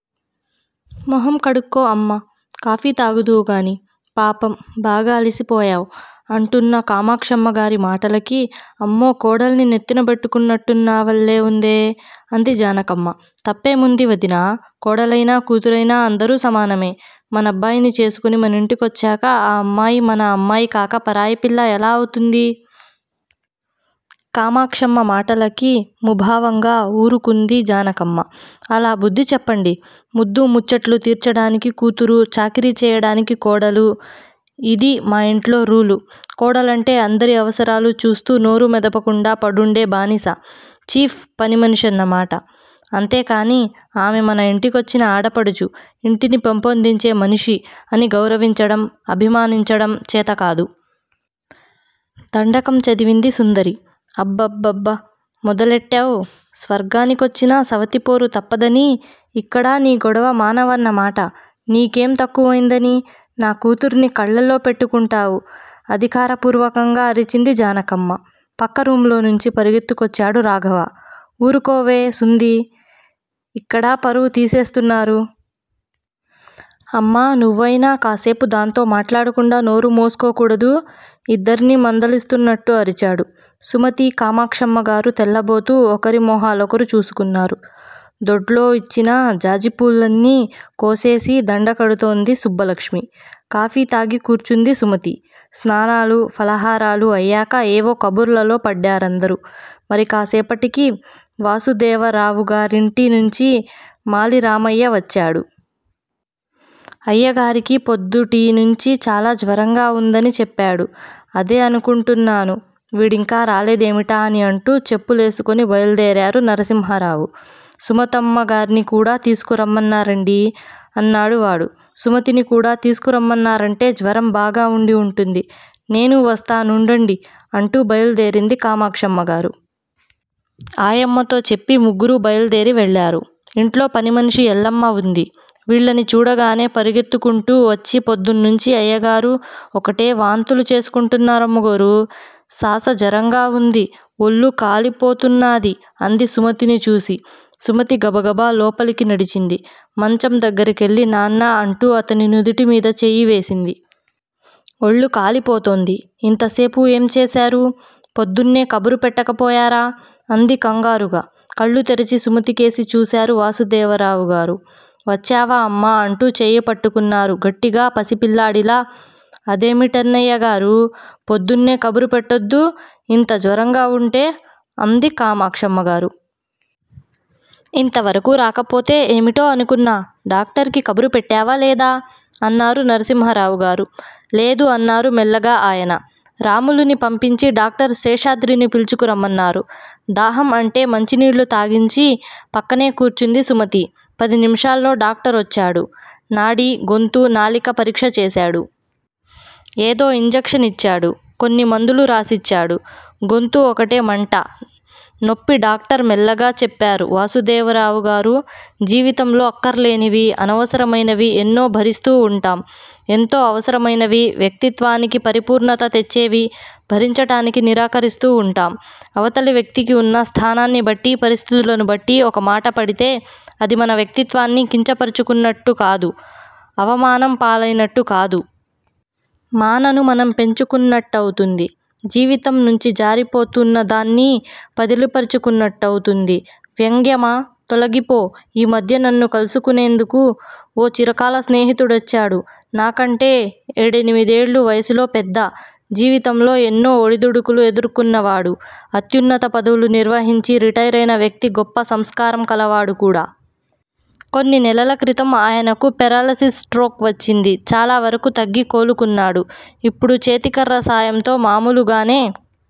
మొహం కడుక్కో అమ్మా కాఫీ తాగుదువుగానీ, పాపం! బాగా అలసిపోయావ్ అంటూన్న కామాక్షమ్మగారి మాటలకి అమ్మో కోడల్ని నెత్తిన బెట్టుకున్నట్టున్నావల్లే వుందే అంది జానకమ్మ. తప్పేముంది వదినా! కోడలైనా కూతురైనా అందరూ సమానమే. మనబ్బాయిని చేసుకుని మనింటికొచ్చాక ఆ అమ్మాయి మన అమ్మాయికాక పరాయిపిల్ల ఎలా అవుతుంది? కామాక్షమ్మ మాటలకి ముభావంగా ఊరుకుంది జానకమ్మ. అలా బుద్ది చెప్పండి. ముద్దూముచ్చట్లు తీర్చాడానికి కూతురూ, చాకిరీ చెయ్యడానికి కోడలూ. ఇదీ మా ఇంట్లో రూలు. కోడలంటే అందరి అవసరాలూ చూస్తూ, నోరు మొదపకుండా పడుండే బానిస. 'చీఫ్' పనిమనిషన్నమాట. అంతేకానీ, ఆమె మన ఇంటికొచ్చిన ఆడపడుచు, ఇంటిని పెంపొందించే మనిషి అని గౌరవించడం, అభిమానించడం చేతకాదు. దండకం చదివింది సుందరి. అ బ్బ బ్బ బ్బ మొదలెట్టావ్? స్వర్గాని కొచ్చినా సవతిపోరు తప్పదనీ, ఇక్కడా నీ గొడవ మానవన్న మాట. నీకేం తక్కువయిందని, నా కూతుర్ని కళ్ళల్లో పెట్టుకుంటావు అధికారపూర్వకంగా అరిచింది జానకమ్మ. పక్క రూములోనుంచి పరుగెత్తుకొచ్చాడు రాఘవ. ఊరుకోవే సుందీ ఇక్కడా పరువు తీసేస్తున్నారు. అమ్మా నువ్వైనా కాస్సేపు దాంతో మాట్లాడకుండా నోరు మూసుకోకూడదూ? ఇద్దరినీ మందలిస్తూన్నట్టు అరిచాడు. సుమతీ, కామాక్షమ్మగారు తెల్లబోతూ ఒకరిమొహ లోకరు చూసుకున్నారు. దొడ్లో విచ్చిన జాజిపూలన్నీ కోసేసి దండకడుతోంది సుబ్బలక్ష్మి, కాఫీ తాగి కూర్చుంది. సుమతి. స్నానాలూ, ఫలహారాలు అయ్యాక ఏవో కబుర్లలో పడ్డారందరూ. మరికాస్సేపటికి వాసుదేవరావుగారింటి నుంచి మాలిరామయ్య వచ్చాడు. అయ్యాగారికి పొద్దుటినుంచీ చాలా జ్వరంగా వుంద ని చెప్పాడు. అదే అనుకుంటున్నాను, వీడింకా రాలేదేమిటా అని అంటూ చెప్పు లేసుకుని బయలుదేరారు నరసింహరావుగారు. సుమతమ్మగార్ని కూడా తీసుకురమ్మన్నారండీ అన్నాడువాడు. సుమతినికూడా తీసుకురమ్మన్నారంటే, జ్వరం బాగా వుండి వుంటుంది. నేనూ వస్తా నుండండి అంటూ బయలుదేరింది కామాక్షమ్మగారు. ఆయమ్మతో చెప్పి ముగ్గురూ బయలుదేరి వెళ్ళారు. ఇంట్లో పనిమనిషి ఎల్లమ్మ వుంది. వీళ్ళని చూడగానే పరుగెత్తుకుంటూ వచ్చి పొద్దునుంచీ అయ్యాగారు ఒకటే వాంతులు చేసుకుంటున్నారమ్మగోరూ శాస జరంగా వుంది. ఒల్లు కాలిపోతన్నాది అంది సుమతిని చూసి. సుమతి గబగబా లోపలికి నడిచింది. మంచం దగ్గరికెళ్ళి నాన్నా అంటూ అతని సుదుటిమీద చెయ్యి వేసింది. ఒళ్ళు కాలిపోతోంది. ఇంతసేపు ఏం చేశారూ? పొద్దున్నే కబురు పెట్టకపోయారా? అంది కంగారుగా. కళ్ళు తెరచి సుమతికేసి చూశారు వాసుదేవరావుగారు. వచ్చావా అమ్మా అంటూ చెయ్యి పట్టుకున్నారు గట్టిగా పసి పిల్లాడిలా. అదేమి టన్నయ్యగారూ, పొద్దున్నే కబురు పెట్టోద్దూ, ఇంత జ్వరంగా వుంటే అంది కామాక్షమ్మగారు. ఇంతవరకూ రాకపోతే ఏమిటో అనుకున్నా. డాక్టర్ కి కబురుపెట్టావా లేదా? అన్నారు నరసింహరావుగారు. లేదు అన్నారు మెల్లగా ఆయన. రాములుని పంపించి డాక్టర్ శేషాద్రిని పిలుచుకు రమ్మన్నారు. దాహం అంటే మంచినీళ్ళు తాగించి పక్కనే కూర్చుంది సుమతి. పది నిమిషాల్లో డాక్టరోచ్చాడు. నాడీ, గొంతు, నాలిక పరీక్ష చేశాడు. ఏదో ఇంజక్ష నిచ్చాడు. కొన్ని మందులు రాసిచ్చాడు. గొంతు ఒకటే మంట, నొప్పి డాక్టర్ మెల్లగా చెప్పారు వాసుదేవరావుగారు. జీవితంలో అక్కర్లేనివీ, అనవసరమైనవీ ఎన్నో భరిస్తూ వుంటాం ఎంతో అవసరమైనవీ, వ్యక్తిత్వానికి పరిపూర్ణత తెచ్చేవీ భరించడానికి నిరాకరిస్తూ వుంటాం. అవతలి వ్యక్తికి వున్న స్థానాన్నిబట్టీ, పరిస్థితులను బట్టీ ఒకమాట పడితే, అది మన వ్యక్తిత్వాన్ని కించపరచుకున్నట్టు కాదు, అవమానం పాలైనట్టుకాదు. మానను మనం పెంచుకున్నట్టవుతుంది. జీవితంనుంచి జారిపోతూన్న దాన్ని పదిలపరచుకున్నట్టవుతుంది. వ్యంగ్యమా! తొలగిపో! ఈ మధ్య నన్ను కలుసుకునేందుకు ఓ చిరకాల స్నేహితుడు వచ్చాడు. నాకంటే ఏడెమినిదేళ్ళు వయసులో పెద్ద. జీవితంలో ఎన్నో ఒడిదుడికులు ఎదుర్కున్నవాడు. అత్యున్నత పదవులు నిర్వహించి, రిటైరైన వ్యక్తి గొప్ప సంస్కారం కలవాడు కూడా. కొన్ని నెలలక్రితం ఆయనకు పెరాలిసిస్ స్ట్రోక్ వచ్చింది. చాలావరకూ తగ్గి, కోలుకున్నాడు. ఇప్పుడు చేతికర్ర సాయంతో మామూలుగానే